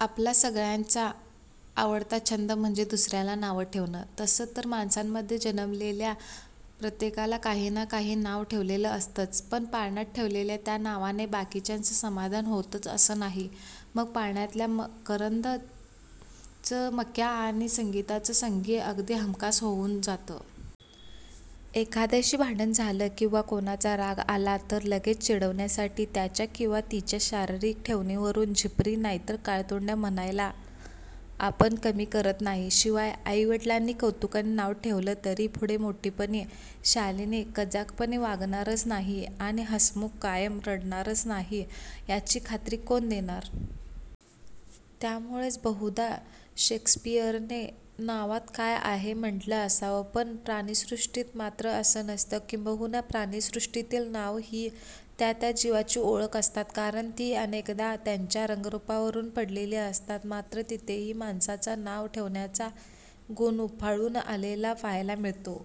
आपला सगळ्यांचा आवडता छंद म्हणजे दुसऱ्याला नावं ठेवणं. तसं तर माणसांमध्ये जन्मलेल्या प्रत्येकाला काही ना काही नाव ठेवलेलं असतंच, पण पाळण्यात ठेवलेल्या त्या नावाने बाकीच्यांचं समाधान होतंच असं नाही, मग पाळणातल्या 'मकरंद'चं 'मक्या' आणि 'संगीताचं' 'संगी' अगदी हमखास होऊन जातं. एखाद्याशी भांडण झालं किंवा कोणाचा राग आला तर लगेच चिडवण्यासाठी त्याच्या किंवा तिच्या शारीरिक ठेवणीवरून 'झिपरी' नाहीतर 'काळतोंड्या' म्हणायला आपण कमी करत नाही. शिवाय आई-वडिलांनी कौतुकाने नाव ठेवलं तरी पुढे मोठेपणी 'शालिनी' कजागपणे वागणारच नाही आणि 'हसमुख' कायम रडणारच नाही याची खात्री कोण देणार? त्यामुळेच बहुधा शेक्सपियरने 'नावात काय आहे? ' म्हटलं असावं. पण प्राणिसृष्टीत मात्र असं नसतं. किंबहुना प्राणिसृष्टीतील नावं ही त्या त्या जीवाची ओळख असतात, कारण ती अनेकदा त्याच्या रंगरुपावरून पडलेली असतात. मात्र तिथेही माणसाचा 'नाव ठेवण्याचा' गुण उफाळून आलेला पाहायला मिळतो.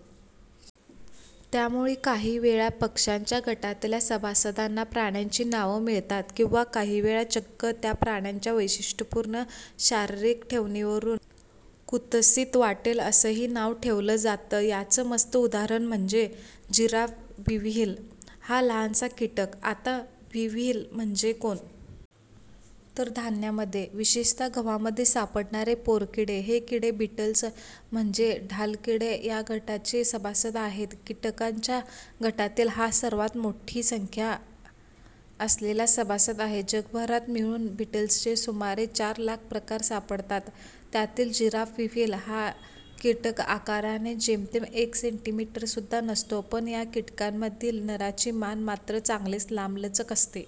त्यामुळे काही वेळा पक्ष्यांच्या गटातल्या सभासदांना प्राण्यांची नावं मिळतात किंवा काहीवेळा चक्क त्या प्राण्याच्या वैशिष्ट्यपूर्ण शारीरिक ठेवणीवरून कुत्सित वाटेल असंही नाव ठेवलं जातं. याचं मस्त उदाहरण म्हणजे 'जिराफ विव्हिल' हा लहानसा कीटक. आता 'विव्हिल' म्हणजे कोण? तर धान्यांमध्ये, विशेषतः गव्हामध्ये सापडणारे 'पोरकिडे'. हे किडे बिटल्स म्हणजे ढालकिडे या गटाचे सभासद आहेत. कीटकांच्या गटातील हा सर्वांत मोठी संख्या असलेला सभासद आहे. जगभरात मिळून बिटल्सचे सुमारे चार लाख प्रकार सापडतात. त्यातील 'जिराफ विव्हिल' हा कीटक आकाराने जेमतेम एक सेंटिमीटरसुद्धा नसतो, पण या कीटकांमधील नराची मान मात्र चांगलीच लांबलचक असते.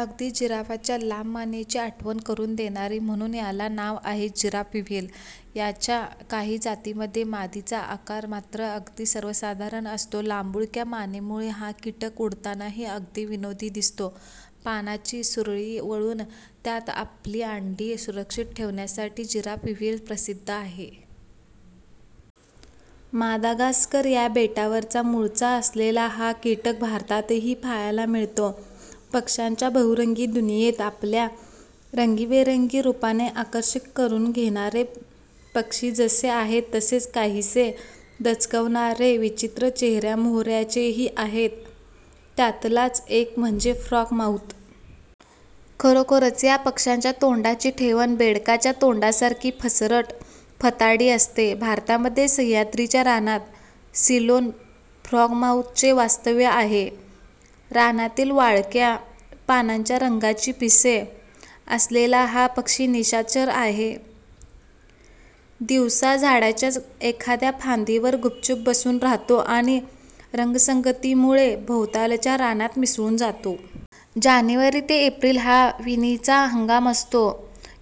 अगदी जिराफाच्या लांबमानेची आठवण करून देणारी! म्हणून याला नाव आहे 'जिराफ विव्हिल'. याच्या काही जातींमध्ये मादीचा आकार मात्र अगदी सर्वसाधारण असतो. लांबुळक्या मानेमुळे हा कीटक उडतानाही अगदी विनोदी दिसतो. पानाची सुरळी वळून त्यात आपली अंडी सुरक्षित ठेवण्यासाठी जिराफ विव्हिल प्रसिद्ध आहे. मादागास्कर या बेटावरचा मूळचा असलेला हा कीटक भारतातही पाहायला मिळतो. पक्ष्यांच्या बहुरंगी दुनियेत आपल्या रंगीबेरंगी रुपाने आकर्षित करून घेणारे पक्षी जसे आहेत, तसेच काहिसे दचकवणारे, विचित्र चेहऱ्यामोहऱ्याचेही आहेत. त्यातलाच एक म्हणजे 'फ्रॉग माऊथ'. खरोखरच या पक्ष्याच्या तोंडाची ठेवण बेडकाच्या तोंडासारखी पसरट, फताडी असते. भारतामध्ये सह्याद्रीच्या रानात 'सिलोन फ्रॉगमाऊथ'चे वास्तव्य आहे. रानातील वाळक्या पानांच्या रंगाची पिसे असलेला हा पक्षी निशाचर आहे. दिवसा झाडाच्या एखाद्या फांदीवर गुपचूप बसून राहतो आणि रंगसंगतीमुळे भोवतालच्या रानात मिसळून जातो. जानेवारी ते एप्रिल हा विणीचा हंगाम असतो.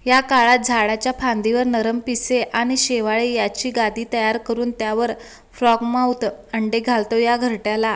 या काळात झाडाच्या फांदीवर नरम पिसे आणि शेवाळे यांची गादी तयार करून त्यावर फ्रॉगमाऊथ अंडे घालतो. या घरट्याला